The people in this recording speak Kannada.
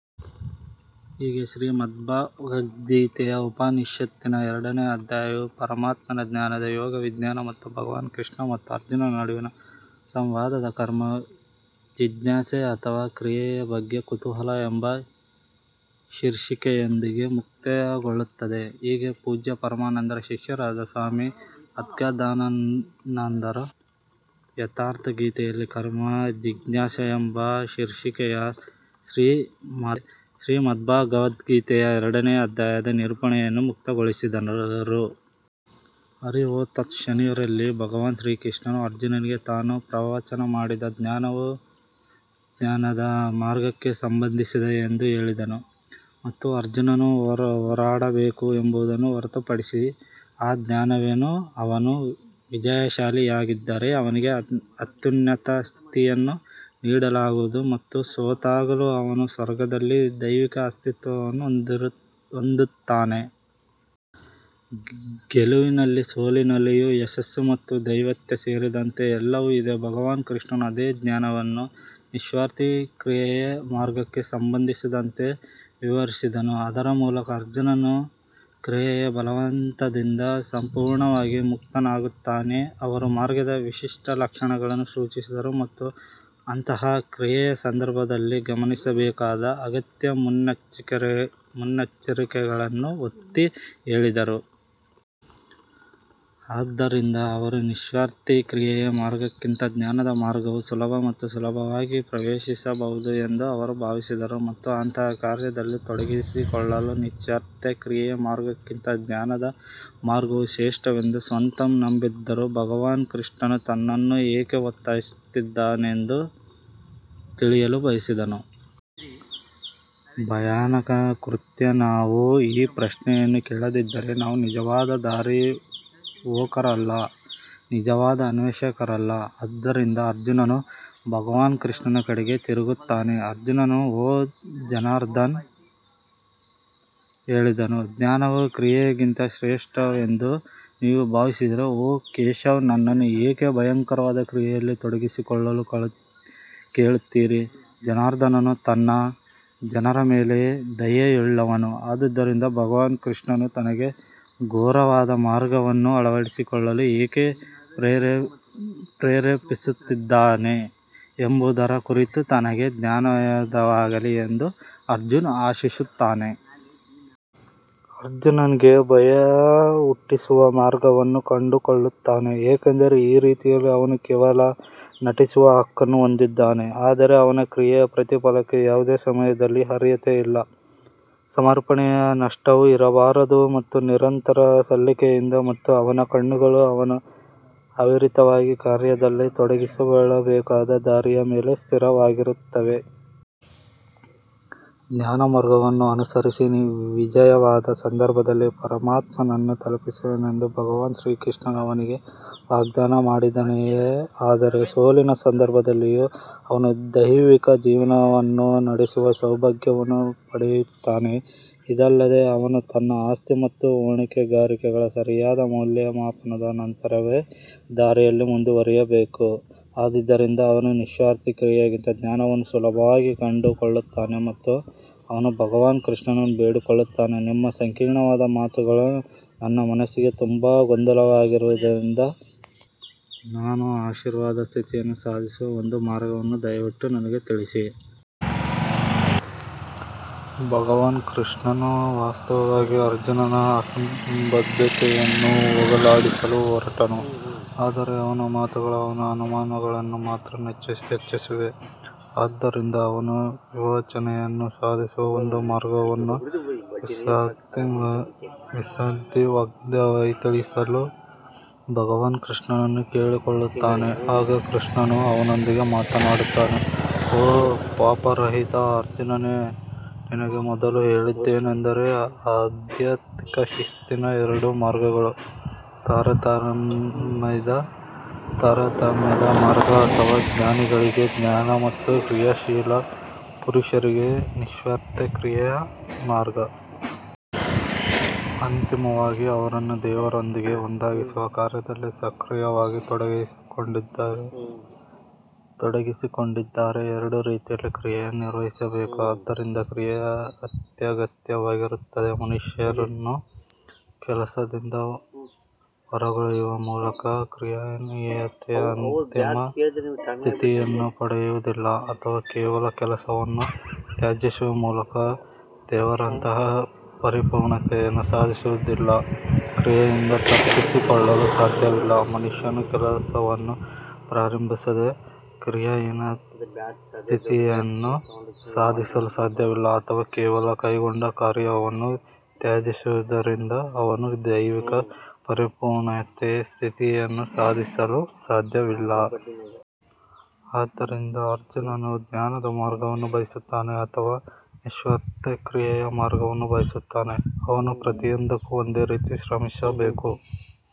ಹೀಗೆ ಶ್ರೀಮದ್ಭಗವದ್ಗೀತೆಯ ಉಪನಿಷತ್ತಿನ ಎರಡನೇ ಅಧ್ಯಾಯವು ಪರಮಾತ್ಮನ ಜ್ಞಾನದ ಯೋಗ ವಿಜ್ಞಾನ ಮತ್ತು ಭಗವಾನ್ ಕೃಷ್ಣ ಮತ್ತು ಅರ್ಜುನನ ನಡುವಿನ ಸಂವಾದದ ಕರ್ಮ ಜಿಜ್ಞಾಸೆ ಅಥವಾ ಕ್ರಿಯೆಯ ಬಗ್ಗೆ ಕುತೂಹಲ ಎಂಬ ಶೀರ್ಷಿಕೆಯೊಂದಿಗೆ ಮುಕ್ತಾಯಗೊಳ್ಳುತ್ತದೆ. ಹೀಗೆ ಪೂಜ್ಯ ಪರಮಾನಂದರ ಶಿಷ್ಯರಾದ ಸ್ವಾಮಿ ಅದ್ಗದಾನಂದರು ಯಥಾರ್ಥಗೀತೆಯಲ್ಲಿ ಕರ್ಮ ಜಿಜ್ಞಾಸ ಎಂಬ ಶೀರ್ಷಿಕೆಯ ಶ್ರೀಮದ್ಭಗವದ್ಗೀತೆಯ ಎರಡನೇ ಅಧ್ಯಾಯದ ನಿರೂಪಣೆಯನ್ನು ಮುಕ್ತಾಯಗೊಳಿಸಿದರು. ಹರಿ ಓಂ ತತ್ ಶನಿ ರಲ್ಲಿ ಭಗವಾನ್ ಶ್ರೀಕೃಷ್ಣನು ಅರ್ಜುನನಿಗೆ ತಾನು ಪ್ರವಚನ ಮಾಡಿದ ಜ್ಞಾನವು ಜ್ಞಾನದ ಮಾರ್ಗಕ್ಕೆ ಸಂಬಂಧಿಸಿದೆ ಎಂದು ಹೇಳಿದನು. ಮತ್ತು ಅರ್ಜುನನು ಹೋರಾಡಬೇಕು ಎಂಬುದನ್ನು ಹೊರತುಪಡಿಸಿ ಆ ಜ್ಞಾನವೇನು ಅವನು ವಿಜಯಶಾಲಿಯಾಗಿದ್ದರೆ ಅವನಿಗೆ ಅತ್ಯುನ್ನತ ಸ್ಥಿತಿಯನ್ನು ನೀಡಲಾಗುವುದು ಮತ್ತು ಸೋತಾಗಲೂ ಅವನು ಸ್ವರ್ಗದಲ್ಲಿ ದೈವಿಕ ಅಸ್ತಿತ್ವವನ್ನು ಹೊಂದುತ್ತಾನೆ. ಗೆಲುವಿನಲ್ಲಿ ಸೋಲಿನಲ್ಲಿಯೂ ಯಶಸ್ಸು ಮತ್ತು ದೈವತ್ವ ಸೇರಿದಂತೆ ಎಲ್ಲವೂ ಇದೆ ಭಗವಾನ್ ಕೃಷ್ಣನು ಅದೇ ಜ್ಞಾನವನ್ನು ನಿಸ್ವಾರ್ಥ ಕ್ರಿಯೆಯ ಮಾರ್ಗಕ್ಕೆ ಸಂಬಂಧಿಸಿದಂತೆ ವಿವರಿಸಿದನು, ಅದರ ಮೂಲಕ ಅರ್ಜುನನು ಕ್ರಿಯೆಯ ಬಲವಂತದಿಂದ ಸಂಪೂರ್ಣವಾಗಿ ಮುಕ್ತನಾಗುತ್ತಾನೆ. ಅವರು ಮಾರ್ಗದ ವಿಶಿಷ್ಟ ಲಕ್ಷಣಗಳನ್ನು ಸೂಚಿಸಿದರು ಮತ್ತು ಅಂತಹ ಕ್ರಿಯೆಯ ಸಂದರ್ಭದಲ್ಲಿ ಗಮನಿಸಬೇಕಾದ ಅಗತ್ಯ ಮುನ್ನೆಚ್ಚರಿಕೆಗಳನ್ನು ಒತ್ತಿ ಹೇಳಿದರು. ಆದ್ದರಿಂದ ಅವರು ನಿಸ್ವಾರ್ಥ ಕ್ರಿಯೆಯ ಮಾರ್ಗಕ್ಕಿಂತ ಜ್ಞಾನದ ಮಾರ್ಗವು ಸುಲಭ ಮತ್ತು ಸುಲಭವಾಗಿ ಪ್ರವೇಶಿಸಬಹುದು ಎಂದು ಅವರು ಭಾವಿಸಿದರು ಮತ್ತು ಅಂತಹ ಕಾರ್ಯದಲ್ಲಿ ತೊಡಗಿಸಿಕೊಳ್ಳಲು ನಿಸ್ವಾರ್ಥ ಕ್ರಿಯೆಯ ಮಾರ್ಗಕ್ಕಿಂತ ಜ್ಞಾನದ ಮಾರ್ಗವು ಶ್ರೇಷ್ಠವೆಂದು ಸ್ವತಃ ನಂಬಿದ್ದರೂ ಭಗವಾನ್ ಕೃಷ್ಣನು ತನ್ನನ್ನು ಏಕೆ ಒತ್ತಾಯಿಸುತ್ತಿದ್ದಾನೆಂದು ತಿಳಿಯಲು ಬಯಸಿದನು. ಭಯಾನಕ ಕೃತ್ಯ ನಾವು ಈ ಪ್ರಶ್ನೆಯನ್ನು ಕೇಳದಿದ್ದರೆ ನಾವು ನಿಜವಾದ ದಾರಿಹೋಕರಲ್ಲ, ನಿಜವಾದ ಅನ್ವೇಷಕರಲ್ಲ ಆದ್ದರಿಂದ ಅರ್ಜುನನು ಭಗವಾನ್ ಕೃಷ್ಣನ ಕಡೆಗೆ ತಿರುಗುತ್ತಾನೆ ಅರ್ಜುನನು ಓ ಜನಾರ್ದನ್ ಹೇಳಿದನು, ಜ್ಞಾನವು ಕ್ರಿಯೆಗಿಂತ ಶ್ರೇಷ್ಠವೆಂದು ನೀವು ಭಾವಿಸಿದರೆ ಓ ಕೇಶವ್ ನನ್ನನ್ನು ಏಕೆ ಭಯಂಕರವಾದ ಕ್ರಿಯೆಯಲ್ಲಿ ತೊಡಗಿಸಿಕೊಳ್ಳಲು ಕೇಳುತ್ತೀರಿ ಜನಾರ್ದನನು ತನ್ನ ಜನರ ಮೇಲೆ ದಯೆಯುಳ್ಳವನು ಆದುದರಿಂದ ಭಗವಾನ್ ಕೃಷ್ಣನು ತನಗೆ ಘೋರವಾದ ಮಾರ್ಗವನ್ನು ಅಳವಡಿಸಿಕೊಳ್ಳಲು ಏಕೆ ಪ್ರೇರೇಪಿಸುತ್ತಿದ್ದಾನೆ ಎಂಬುದರ ಕುರಿತು ತನಗೆ ಜ್ಞಾನೋದಯವಾಗಲಿ ಎಂದು ಅರ್ಜುನ್ ಆಶಿಸುತ್ತಾನೆ. ಅರ್ಜುನ್ಗೆ ಭಯ ಹುಟ್ಟಿಸುವ ಮಾರ್ಗವನ್ನು ಕಂಡುಕೊಳ್ಳುತ್ತಾನೆ ಏಕೆಂದರೆ ಈ ರೀತಿಯಲ್ಲಿ ಅವನು ಕೇವಲ ನಟಿಸುವ ಹಕ್ಕನ್ನು ಹೊಂದಿದ್ದಾನೆ ಆದರೆ ಅವನ ಕ್ರಿಯೆಯ ಪ್ರತಿಫಲಕ್ಕೆ ಯಾವುದೇ ಸಮಯದಲ್ಲಿ ಅರ್ಹತೆ ಇಲ್ಲ. ಸಮರ್ಪಣೆಯ ನಷ್ಟವೂ ಇರಬಾರದು ಮತ್ತು ನಿರಂತರ ಸಲ್ಲಿಕೆಯಿಂದ ಮತ್ತು ಅವನ ಕಣ್ಣುಗಳು ಅವನು ಅವಿರತವಾಗಿ ಕಾರ್ಯದಲ್ಲಿ ತೊಡಗಿಸಿಕೊಳ್ಳಬೇಕಾದ ದಾರಿಯ ಮೇಲೆ ಸ್ಥಿರವಾಗಿರುತ್ತವೆ. ಜ್ಞಾನಮಾರ್ಗವನ್ನು ಅನುಸರಿಸಿ ವಿಜಯದ ಸಂದರ್ಭದಲ್ಲಿ ಪರಮಾತ್ಮನನ್ನು ತಲುಪುವೆನೆಂದು ಭಗವಾನ್ ಶ್ರೀಕೃಷ್ಣನು ಅವನಿಗೆ ವಾಗ್ದಾನ ಮಾಡಿದ್ದಾನೆಯೇ, ಆದರೆ ಸೋಲಿನ ಸಂದರ್ಭದಲ್ಲಿಯೂ ಅವನು ದೈವಿಕ ಜೀವನವನ್ನು ನಡೆಸುವ ಸೌಭಾಗ್ಯವನ್ನು ಪಡೆಯುತ್ತಾನೆಯೇ? ಇದಲ್ಲದೆ ಅವನು ತನ್ನ ಆಸ್ತಿ ಮತ್ತು ಹೊಣೆಗಾರಿಕೆಗಳ ಸರಿಯಾದ ಮೌಲ್ಯಮಾಪನದ ನಂತರವೇ ದಾರಿಯಲ್ಲಿ ಮುಂದುವರಿಯಬೇಕು ಆದ್ದರಿಂದ ಅವನು ನಿಸ್ವಾರ್ಥ ಕ್ರಿಯೆಗಿಂತ ಜ್ಞಾನವನ್ನು ಸುಲಭವಾಗಿ ಕಂಡುಕೊಳ್ಳುತ್ತಾನೆ ಮತ್ತು ಅವನು ಭಗವಾನ್ ಕೃಷ್ಣನನ್ನು ಬೇಡಿಕೊಳ್ಳುತ್ತಾನೆ ನಿಮ್ಮ ಸಂಕೀರ್ಣವಾದ ಮಾತುಗಳು ನನ್ನ ಮನಸ್ಸಿಗೆ ತುಂಬಾ ಗೊಂದಲಮಯವಾಗಿರುವುದರಿಂದ ನಾನು ಆಶೀರ್ವಾದದ ಸ್ಥಿತಿಯನ್ನು ಸಾಧಿಸುವ ಒಂದು ಮಾರ್ಗವನ್ನು ದಯವಿಟ್ಟು ನನಗೆ ತಿಳಿಸಿ. ಭಗವಾನ್ ಕೃಷ್ಣನು ವಾಸ್ತವವಾಗಿ ಅರ್ಜುನನ ಅಸಂಬದ್ಧತೆಯನ್ನು ಹೋಗಲಾಡಿಸಲು ಹೊರಟನು ಆದರೆ ಅವನ ಮಾತುಗಳು ಅವನ ಅನುಮಾನಗಳನ್ನು ಮಾತ್ರ ಹೆಚ್ಚಿಸಿವೆ. ಆದ್ದರಿಂದ ಅವನು ವಿಮೋಚನೆಯನ್ನು ಸಾಧಿಸುವ ಒಂದು ಮಾರ್ಗವನ್ನು ನಿಸ್ಸಂದಿಗ್ಧವಾಗಿ ತಿಳಿಸಲು ಭಗವಾನ್ ಕೃಷ್ಣನನ್ನು ಕೇಳಿಕೊಳ್ಳುತ್ತಾನೆ. ಆಗ ಶ್ರೀಕೃಷ್ಣನು ಅವನೊಂದಿಗೆ ಮಾತನಾಡುತ್ತಾನೆ ಓ ಪಾಪರಹಿತ ಅರ್ಜುನನೇ ನಿನಗೆ ಮೊದಲು ಹೇಳಿದ್ದೇನೆಂದರೆ ಆಧ್ಯಾತ್ಮಿಕ ಶಿಸ್ತಿನ ಎರಡು ಮಾರ್ಗಗಳು ತಾರತಮ್ಯದ ಮಾರ್ಗ ಅಥವಾ ಜ್ಞಾನಿಗಳಿಗೆ ಜ್ಞಾನ ಮತ್ತು ಕ್ರಿಯಾಶೀಲ ಪುರುಷರಿಗೆ ನಿಸ್ವಾರ್ಥ ಕ್ರಿಯೆಯ ಮಾರ್ಗ. ಅಂತಿಮವಾಗಿ ಅವರನ್ನು ದೇವರೊಂದಿಗೆ ಒಂದಾಗಿಸುವ ಕಾರ್ಯದಲ್ಲಿ ಸಕ್ರಿಯವಾಗಿ ತೊಡಗಿಸಿಕೊಂಡಿದ್ದಾರೆ ಎರಡೂ ರೀತಿಯಲ್ಲಿ ಕ್ರಿಯೆಯನ್ನು ನಿರ್ವಹಿಸಬೇಕು ಆದ್ದರಿಂದ ಕ್ರಿಯೆಯು ಅತ್ಯಗತ್ಯವಾಗಿರುತ್ತದೆ ಮನುಷ್ಯನು ಕೆಲಸದಿಂದ ಹೊರಗುಳಿಯುವ ಮೂಲಕ ಕ್ರಿಯಾಹೀನತೆಯ ಅಂತಿಮ ಸ್ಥಿತಿಯನ್ನು ಪಡೆಯುವುದಿಲ್ಲ ಅಥವಾ ಕೇವಲ ಕೆಲಸವನ್ನು ತ್ಯಜಿಸುವ ಮೂಲಕ ದೇವರಂತಹ ಪರಿಪೂರ್ಣತೆಯನ್ನು ಸಾಧಿಸುವುದಿಲ್ಲ. ಕ್ರಿಯೆಯಿಂದ ತಪ್ಪಿಸಿಕೊಳ್ಳಲು ಸಾಧ್ಯವಿಲ್ಲ ಮನುಷ್ಯನು ಕೆಲಸವನ್ನು ಪ್ರಾರಂಭಿಸದೆ ಕ್ರಿಯಾಹೀನ ಸ್ಥಿತಿಯನ್ನು ಸಾಧಿಸಲು ಸಾಧ್ಯವಿಲ್ಲ ಅಥವಾ ಕೇವಲ ಕೈಗೊಂಡ ಕಾರ್ಯವನ್ನು ತ್ಯಜಿಸುವುದರಿಂದ ಅವನು ದೈವಿಕ ಪರಿಪೂರ್ಣತೆಯ ಸ್ಥಿತಿಯನ್ನು ಸಾಧಿಸಲು ಸಾಧ್ಯವಿಲ್ಲ. ಆದ್ದರಿಂದ ಅರ್ಜುನನು ಜ್ಞಾನದ ಮಾರ್ಗವನ್ನು ಬಯಸುತ್ತಾನೆ ಅಥವಾ ನಿಸ್ವಾರ್ಥ ಕ್ರಿಯೆಯ ಮಾರ್ಗವನ್ನು ಬಯಸುತ್ತಾನೆ, ಅವನು ಪ್ರತಿಯೊಂದಕ್ಕೂ ಒಂದೇ ರೀತಿ ಶ್ರಮಿಸಬೇಕು.